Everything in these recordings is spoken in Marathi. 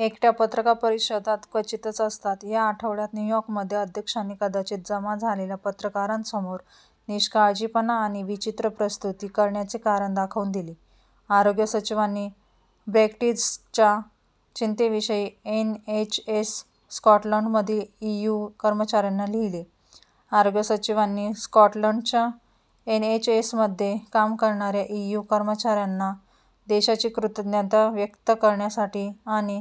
एकट्या पत्रकार परिषदा क्वचितच असतात. या आठवड्यात न्यूयॉर्कमध्ये अध्यक्षांनी कदाचित जमा झालेल्या पत्रकारांसमोर निष्काळजीपणा आणि विचित्र प्रस्तुती करण्याचे कारण दाखवून दिले. आरोग्य सचिवांनी ब्रेक्झिटच्या चिंतेविषयी एनएचएस स्कॉटलंडमधील ईयू कर्मचाऱ्यांना लिहिले. आरोग्य सचिवांनी स्कॉटलंडच्या एनएचएसमध्ये काम करणाऱ्या ईयू कर्मचाऱ्यांना देशाची कृतज्ञता व्यक्त करण्यासाठी आणि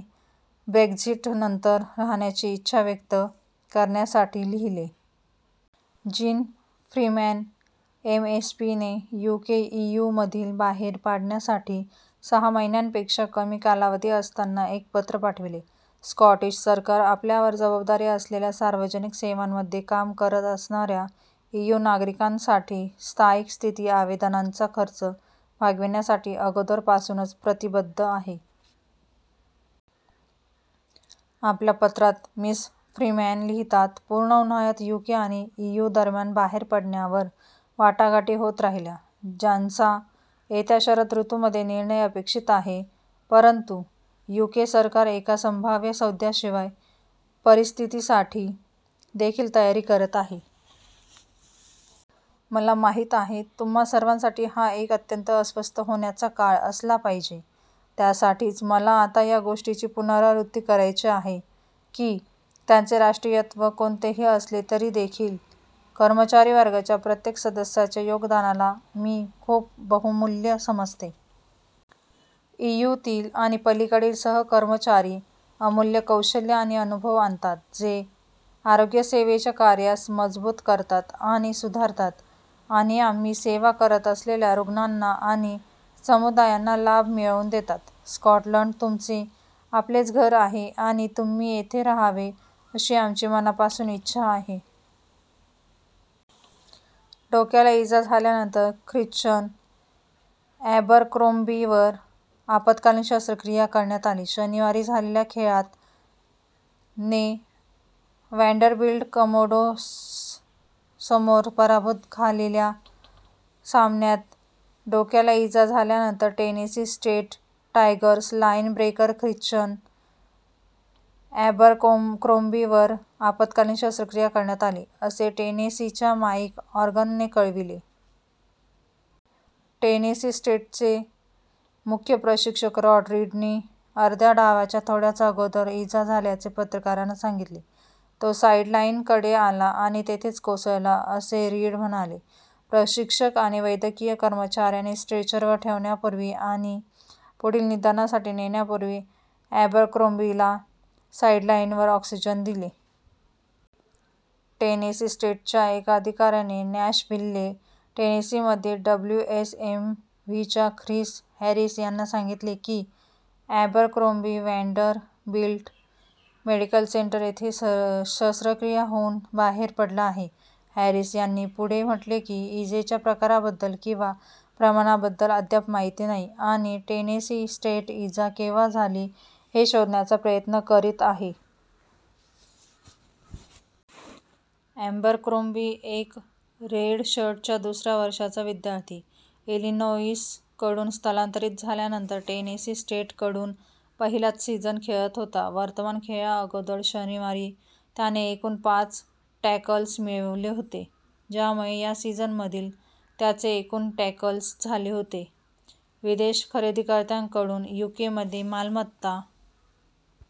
ब्रेक्झिटनंतर राहण्याची इच्छा व्यक्त करण्यासाठी लिहिले. जीन फ्रीमॅन एमएसपीने यूके ईयूमधून बाहेर पाडण्यासाठी सहा महिन्यांपेक्षा कमी कालावधी असताना एक पत्र पाठविले. स्कॉटिश सरकार आपल्यावर जबाबदारी असलेल्या सार्वजनिक सेवांमध्ये काम करत असणाऱ्या ईयू नागरिकांसाठी स्थायिक स्थिती आवेदनांचा खर्च भागविण्यासाठी अगोदरपासूनच प्रतिबद्ध आहे. आपल्या पत्रात मिस फ्रीमॅन लिहितात: "पूर्ण उन्हाळ्यात, यूके आणि ईयूदरम्यान बाहेर पडण्यावर वाटाघाटी होत राहिल्या, ज्यांचा येत्या शरद ऋतूमध्ये निर्णय अपेक्षित आहे. परंतु, यूके सरकार एका संभाव्य सौद्या-शिवाय परिस्थितीसाठी देखील तयारी करत आहे. मला माहीत आहे तुम्हा सर्वांसाठी हा एक अत्यंत अस्वस्थ होण्याचा काळ असला पाहिजे. त्यासाठीच मला आता या गोष्टीची पुनरावृत्ती करायची आहे की त्यांचे राष्ट्रीयत्व कोणतेही असले तरी देखील, कर्मचारी वर्गाच्या प्रत्येक सदस्याच्या योगदानाला मी खूप बहुमुल्य समजते. ईयूतील आणि पलीकडील सहकर्मचारी अमुल्य कौशल्ये आणि अनुभव आणतात, जे आरोग्य सेवेच्या कार्यास मजबूत करतात आणि सुधारतात, आणि आम्ही सेवा करत असलेल्या रुग्णांना आणि समुदायांना लाभ मिळवून देतात. स्कॉटलंड तुमचे आपलेच घर आहे आणि तुम्ही येथे रहावे अशी आमची मनापासून इच्छा आहे. डोक्याला इजा झाल्यानंतर ख्रिस्शन अॅबरक्रोम्बीवर आपत्कालीन शस्त्रक्रिया करण्यात आली. शनिवारी झालेल्या खेळात ने वँडरबिल्ट कमोडोर्ससमोर पराभूत खालेल्या सामन्यात डोक्याला इजा झाल्यानंतर Tennessee State Tigers linebreaker Christion अॅबरक्रोम्बीवर आपत्कालीन शस्त्रक्रिया करण्यात आली, असे टेनेसीच्या माईक ऑर्गनने कळविले. टेनेसी स्टेटचे मुख्य प्रशिक्षक रॉड रीडनी अर्ध्या डावाच्या थोड्याच अगोदर इजा झाल्याचे पत्रकारांना सांगितले. "तो साईडलाईनकडे आला आणि तेथेच कोसळला," असे रीड म्हणाले. प्रशिक्षक आणि वैद्यकीय कर्मचाऱ्यांनी स्ट्रेचरवर ठेवण्यापूर्वी आणि पुढील निदानासाठी नेण्यापूर्वी अॅबरक्रोम्बीला साईडलाईनवर ऑक्सिजन दिले. टेनेसी स्टेटच्या एका अधिकाऱ्याने नॅशव्हिल्ले, टेनेसीमध्ये डब्ल्यूएसएमव्हीच्या ख्रिस हॅरिस यांना सांगितले की अॅबरक्रोम्बी वँडरबिल्ट मेडिकल सेंटर येथे शस्त्रक्रिया होऊन बाहेर पडला आहे. हॅरिस यांनी पुढे म्हटले की "इजेच्या प्रकाराबद्दल किंवा प्रमाणाबद्दल अद्याप माहिती नाही" आणि टेनेसी स्टेट इजा केव्हा झाली हे शोधण्याचा प्रयत्न करीत आहेत. अॅबरक्रोम्बी, एक रेडशर्टचा दुसऱ्या वर्षाचा विद्यार्थी, इलिनोइसकडून स्थलांतरित झाल्यानंतर टेनेसी स्टेटकडून पहिलाच सीझन खेळत होता. वर्तमान खेळाअगोदर शनिवारी त्याने एकूण पाच टॅकल्स मिळविले होते, ज्यामुळे या सीझनमधील त्याचे एकूण टॅकल्स झाले होते. विदेश खरेदीकर्त्यांकडून यूकेमध्ये मालमत्ता